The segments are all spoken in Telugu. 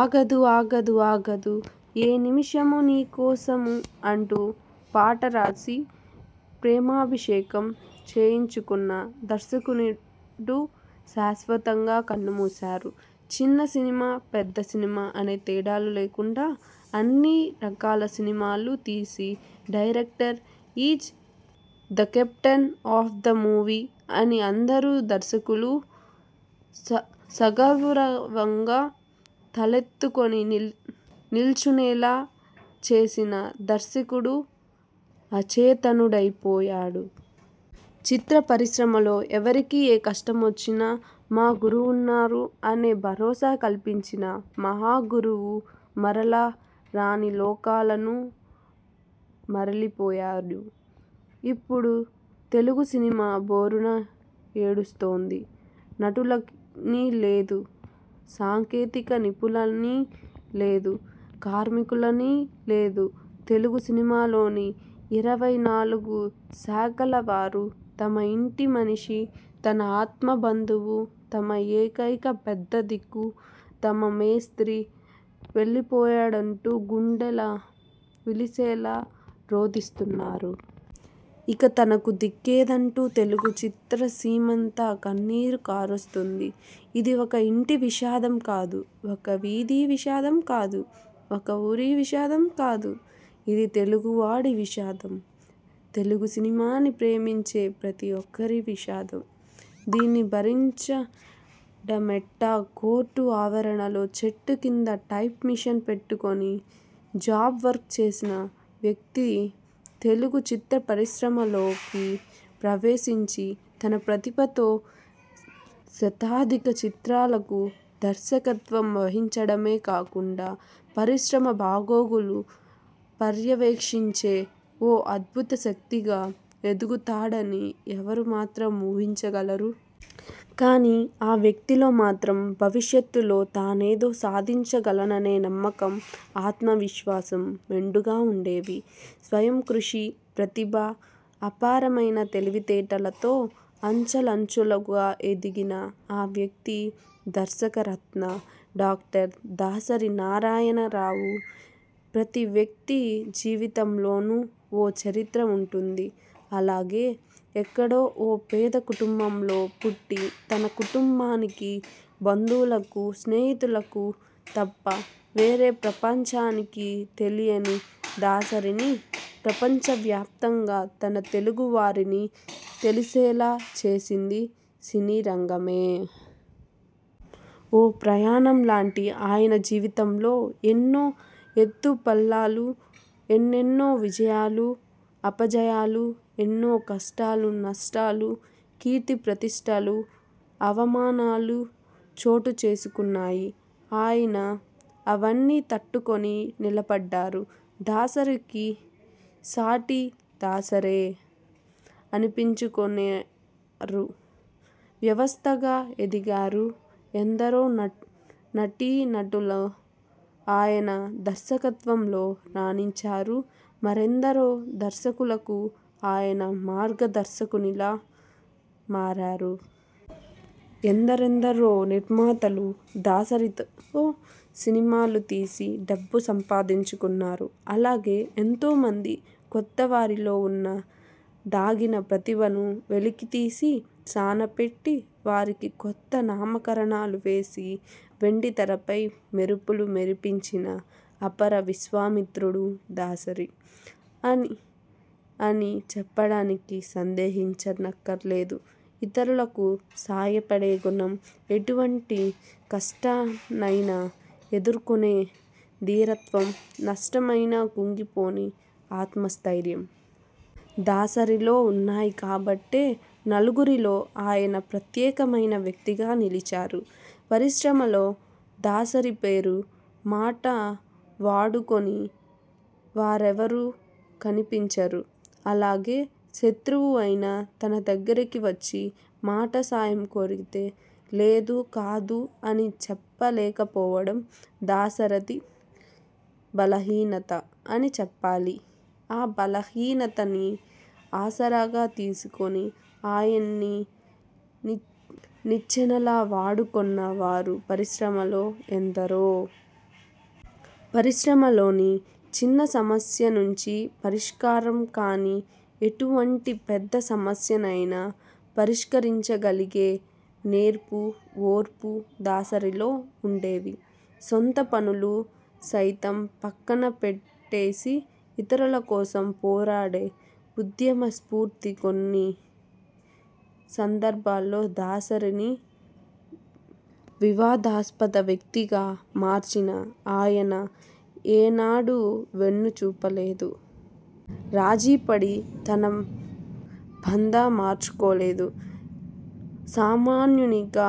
ఆగదు.. ఆగదు.. ఆగదు ఏ నిమిషము నీ కోసమూ.. ' అంటూ పాట రాసి, 'ప్రేమాభిషేకం' చేయించుకొన్న దర్శకునిడు శాశ్వతంగా కన్నుమూశారు. చిన్న సినిమా, పెద్ద సినిమా అనే తేడాలు లేకుండా అన్ని రకాల సినిమాలూ తీసి, 'director is the captain of the movie' అని అందరు దర్శకులూ స సగర్వంగా తలెత్తుకొని నిల్ నిల్చొనేలా చేసిన దర్శకుడు అచేతనుడైపోయాడు. చిత్ర పరిశ్రమలో ఎవరికి ఏ కష్టమొచ్చినా 'మా గురువుగారున్నారు' అనే భరోసా కల్పించిన మహాగురువు మరల రాని లోకాలను మరలిపోయాడు. ఇప్పుడు తెలుగు సినిమా భోరున ఏడుస్తోంది. నటులని లేదు, సాంకేతిక నిపుణులని లేదు, కార్మికులని లేదు.. తెలుగు సినిమాలోని ఇరవై నాలుగు శాఖల వారూ తమ ఇంటి మనిషి, తమ ఆత్మబంధువు, తమ ఏకైక పెద్ద దిక్కు, తమ 'మేస్త్రీ' వెళ్లిపోయాడంటూ గుండెలవిసేలా రోదిస్తున్నారు. ఇక తనకు దిక్కేదంటూ తెలుగు చిత్రసీమంతా కన్నీరు కారుస్తోంది. ఇది ఒక ఇంటి విషాదం కాదు.. ఒక వీధి విషాదం కాదు.. ఒక ఊరి విషాదం కాదు.. ఇది తెలుగువాడి విషాదం. తెలుగు సినిమాని ప్రేమించే ప్రతి ఒక్కరి విషాదం.. దీన్ని భరించడమెట్లాకోర్టు ఆవరణలో చెట్టు కింద టైప్ మిషన్ పెట్టుకొని జాబ్ వర్క్ చేసిన వ్యక్తి తెలుగు చిత్రపరిశ్రమలోకి ప్రవేశించి తన ప్రతిభతో శతాధిక చిత్రాలకు దర్శకత్వం వహించడమే కాకుండా పరిశ్రమ బాగోగులు పర్యవేక్షించే ఓ అద్భుత శక్తిగా ఎదుగుతాడని ఎవరు మాత్రం ఊహించగలరు? కానీ ఆ వ్యక్తిలో మాత్రం భవిష్యత్తులో తానేదో సాధించగలననే నమ్మకం, ఆత్మవిశ్వాసం మెండుగా ఉండేవి. స్వయంకృషి, ప్రతిభ, అపారమైన తెలివితేటలతో అంచలంచెలుగా ఎదిగిన ఆ వ్యక్తి దర్శకరత్న డాక్టర్ దాసరి నారాయణరావు. ప్రతి వ్యక్తి జీవితంలోనూ ఓ చరిత్ర ఉంటుంది. అలాగే ఎక్కడో ఓ పేద కుటుంబంలో పుట్టి తన కుటుంబానికీ, బంధువులకు, స్నేహితులకు తప్ప వేరే ప్రపంచానికి తెలియని దాసరిని ప్రపంచవ్యాప్తంగా ఉన్న తెలుగు వారిని తెలిసేలా చేసింది సినీరంగమే. ఓ ప్రయాణంలాంటి ఆయన జీవితంలో ఎన్నో ఎత్తుపల్లాలు, ఎన్నెన్నో విజయాలు, అపజయాలు, ఎన్నో కష్టాలు, నష్టాలు, కీర్తిప్రతిష్టలు, అవమానాలు చోటుచేసుకొన్నాయి. ఆయనా అవన్నీ తట్టుకొని నిలబడ్డారు. దాసరికి సాటి దాసరే అనిపించుకొన్నారు. వ్యవస్థగా ఎదిగారు. ఎందరో నట్ నటీనటులు ఆయన దర్శకత్వంలో రాణించారు. మరెందరో దర్శకులకు ఆయన మార్గధర్శకునిగా మారారు. ఎందరెందరో నిర్మాతలు దాసరితో సినిమాలు తీసి డబ్బు సంపాదించుకొన్నారు. అలాగే ఎంతోమంది కొత్తవారిలో ఉన్న దాగిన ప్రతిభను వెలికి తీసి, సాన పె ట్టి వారికి కొత్త నామకరణాలు చేసి, వెండితెరపై మెరుపులు మెరిపించిన అపర విశ్వామిత్రుడు దాసరి అని చెప్పడానికి సందేహించనక్కర్లేదు. ఇతరులకు సాయపడే గుణం, ఎటువంటి కష్టాన్నయినా ఎదుర్కొనే ధీరత్వం, నష్టమైన కుంగిపోని ఆత్మస్థైర్యం.. దాసరిలో ఉన్నాయి కాబట్టే నలుగురిలో ఆయన ప్రత్యేకమైన వ్యక్తిగా నిలిచారు. పరిశ్రమలో దాసరి పేరు, మాట వాడుకోని వారెవరూ కనిపించరు. అలాగే శత్రువు అయినా తన దగ్గరికి వచ్చి మాట సాయం కోరితే 'లేదు.. కాదు' అని చెప్పలేకపోవడం దాసరి బలహీనత అని చెప్పాలి. ఆ బలహీనతని ఆసరాగా తీసుకొని ఆయన్ని నిచ్చెనలా వాడుకొన్న వారు పరిశ్రమలో ఎందరో! పరిశ్రమలోని చిన్న సమస్య నుంచి పరిష్కారం కానీ ఎటువంటి పెద్ద సమస్యనైనా పరిష్కరించగలిగే నేర్పు, ఓర్పు దాసరిలో ఉండేవి. సొంత పనులు సైతం పక్కన పెట్టేసి ఇతరుల కోసం పోరాడే ఉద్యమస్పూర్తి కొన్ని సందర్భాల్లో దాసరిని వివాదాస్పద వ్యక్తిగా మార్చినా ఆయన ఏనాడూ వెన్ను చూపలేదు. రాజీపడి తన పంథా మార్చుకోలేదు. సామాన్యునిగా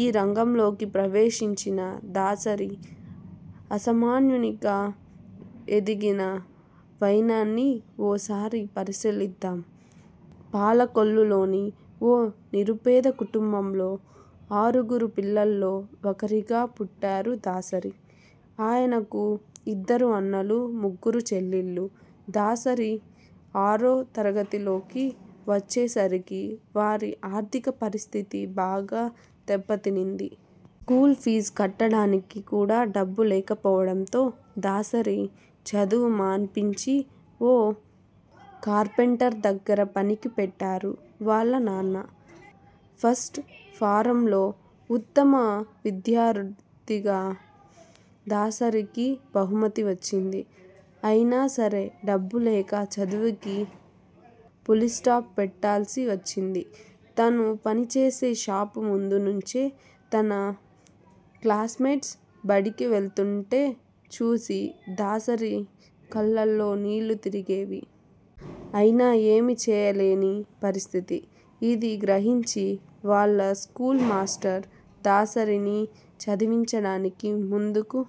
ఈ రంగంలోకి ప్రవేశించిన దాసరి అసమాన్యునిగా ఎదిగిన వైనాన్ని ఓ సారి పరిశీలిద్దాం. పాలకొల్లులోని ఓ నిరుపేద కుటుంబంలో ఆరుగురు పిల్లల్లో ఒకరిగా పుట్టారు దాసరి. ఆయనకు ఇద్దరు అన్నలు, ముగ్గురు చెల్లెళ్లు. దాసరి ఆరో తరగతిలోకి వచ్చేసరికి వారి ఆర్థిక పరిస్థితి బాగా దెబ్బతింది. స్కూల్ ఫీజు కట్టడానికి కూడా డబ్బు లేకపోవడంతో దాసరి చదువు మాన్పించి ఓ కార్పెంటర్ దగ్గర పనికి పెట్టారు వాళ్ల నాన్న. ఫస్ట్ ఫారం లో ఉత్తమ విద్యార్థిగా దాసరికి బహుమతి వచ్చింది. అయినాసరే డబ్బు లేక చదువుకి పుల్స్టాప్ పెట్టాల్సి వచ్చింది. తను పనిచేసే షాపు ముందు నుంచే తన క్లాస్మేట్స్ బడికి వెళుతుంటే చూసి దాసరి కళ్లలో నీళ్లు తిరిగేవి. అయినా ఏమీ చేయలేని పరిస్థితి. ఇది గ్రహించి వాళ్ల స్కూల్ మాస్టర్ దాసరిని చదివించడానికి ముందుకు